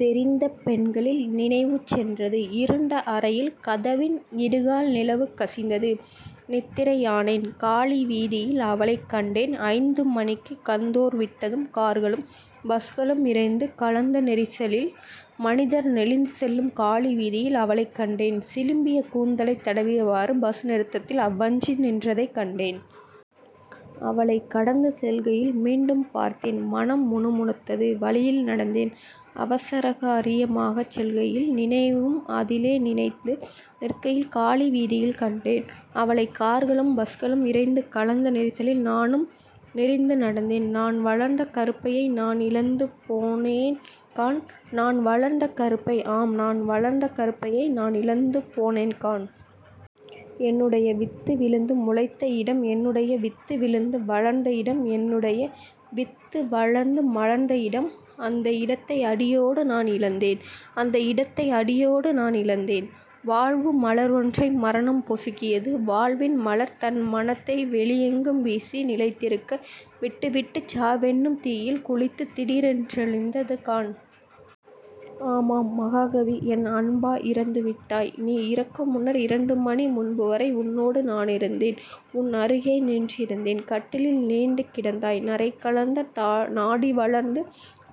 தெரிந்த பெண்களில் நினைவு சென்றது. இருண்ட அறையில்। கதவின் இடுக்கால் நிலவு கசிந்தது நித்திரை யானேன். காலி வீதியில் அவளைக்கண்டேன் ஐந்து மனிக்குக் கந்தோர் விட்டதும் கார்களும் பஸ்களும் இரைந்து கலந்த நெரிசலில் மனிதர் நெளிந்து செல்லும் காலி வீதியில் அவளைக் கண்டேன். சிலும்பிய கூந்தலைத் தடவியவாறு பஸ்நிறுத்தத்தில் அவ்வஞ்சி நின்றதைக் கண்டேன். அவளைக் கடந்து செல்கையில் மீண்டும் பார்த்தேன் மனம் முணுமுணுத்தது. வழியில் நடந்தேன். அவசரகாரிய மாகச் செல்கையில் நினைவும் அதிலே நினைத்து நிற்கையில் காலி வீதியில் கண்டேன் அவளை கார்களும் பஸ்களும் இரைந்து கலந்த நெரிசலில் நானும் நெரிந்துநடந்தேன் நான்வளர்ந்த கருப்பையை நான் இழந்து போனேன்காண்... நான் வளர்ந்த கருப்பை, ஆம் நான் வளர்ந்த கருப்பையை நான் இழந்து போனேன்காண்... என்னுடைய வித்து விழுந்து முளைத்த இடம் என்னுடைய வித்து விழுந்து வளர்ந்த இடம் என்னுடைய வித்து வளர்ந்து மலர்ந்த இடம் அந்த இடத்தை அடியோடு நான் இழந்தேன்... அந்த இடத்தை அடியோடு நான் இழந்தேன்... வாழ்வு மலர் ஒன்றை மரணம் பொசுக்கியது வாழ்வின் மலர், தன் மணத்தை வெளியெங்கும் வீசி நிலைத்திருக்க விட்டு விட்டுச் சாவென்னும் தீயில் குளித்துத் திடீரென் றழிந்ததுகாண். ஆமாம் மஹாகவி, என் அன்பா இறந்து விட்டாய் நீ இறக்கு முன்னர் இரண்டுமணி முன்புவரை உன்னோடு நான் இருந்தேன் உன் அருகே நின்றிருந்தேன்... கட்டிலில் நீண்டு கிடந்தாய் நரைகலந்த நாடி வளர்ந்து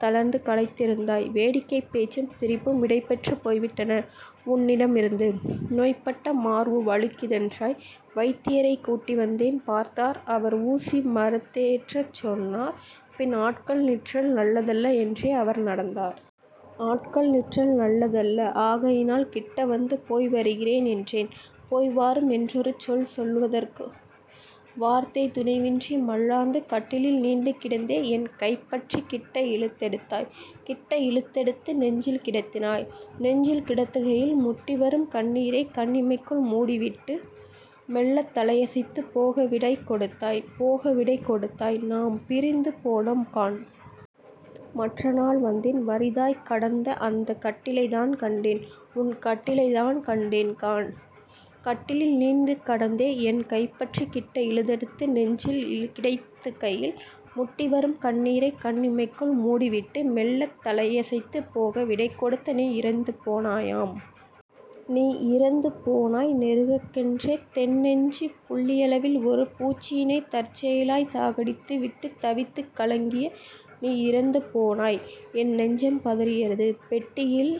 தளர்ந்து களைத்திருந்தாய் வேடிக்கைப் பேச்சும் சிரிப்பும் விடைபெற்றுப் போய்விட்டன உன்னிடம் இருந்து. நோய்ப்பட்ட மார்வு வலிக்குதென்றாய் வைத்தியரைக் கூட்டிவந்தேன் பார்த்தார் அவர், ஊசி மருந்தேற்றச்சொன்னார் பின் ஆட்கள் நிற்றல் நல்லதல்ல என்றே அவர் நடந்தார்... ஆட்கள் நிற்றல் நல்லதல்ல... ஆகையினால் கிட்டவந்து 'போய்வருகிறேன்' என்றேன் போய்வாரும் என்றொரு சொல் சொல்வதற்கும் வார்த்தைத் துணைவியின்றி மல்லார்ந்து கட்டிலில் நீண்டு கிடந்தே என் கைபற்றிக் கிட்ட இழுத்தெடுத்தாய் கிட்ட இழுத் தெடுத்து நெஞ்சில் கிடத்தினாய்... நெஞ்சில் கிடத்துகையில் முட்டிவரும் கண்ணீரைக் கண் இமைக்குள் மூடிவிட்டு மெல்லத் தலையசைத்துப் போக விடை கொடுத்தாய் போக விடை கொடுத்தாய் நாம் பிரிந்து போனோம் காண்... மற்ற நாள் வந்தேன் வறிதாய்க் கடந்த அந்தக் கட்டிலைத்தான் கண்டேன், உன் கட்டிலைத்தான் கண்டேன் காண்... கட்டிலில் நீண்டு கடந்தே என் கைபற்றிக் கிட்ட இழுத்தெடுத்து நெஞ்சில் கிடத்துகையில் முட்டிவரும் கண்ணீரைக் கண் இமைக்குள் மூடிவிட்டு மெல்லத் தலையசைத்துப் போக விடை கொடுத்த நீ இறந்து போனாயாம்... 'நீ இறந்து போனாய் நெருக் கென்ற தென்நெஞ்சு' புள்ளியளவில் ஒரு பூச்சியினைத் தற்செயலாய்ச் சாகடித்து விட்டுத் தவித்துக் கலங்கிய நீ இறந்து போனாய் என் நெஞ்சம் பதறியது... பெட்டியிள்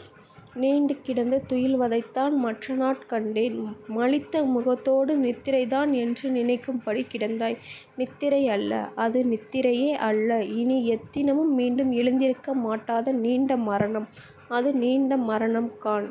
நீண்டு கிடந்து துயில்வதைத்தான் மற்றநாட் கண்டேன். மழித்த முகத்தோடு நித்திரைதான் என்று நினைக்கும்படி கிடந்தாய் நித்திரை அல்ல, அது நித்திரையே அல்ல இனி எத்தினமும் மீண்டும் எழுந்திருக்க மாட்டாத நீண்ட மரணம் அது நீண்ட மரணம் காண்...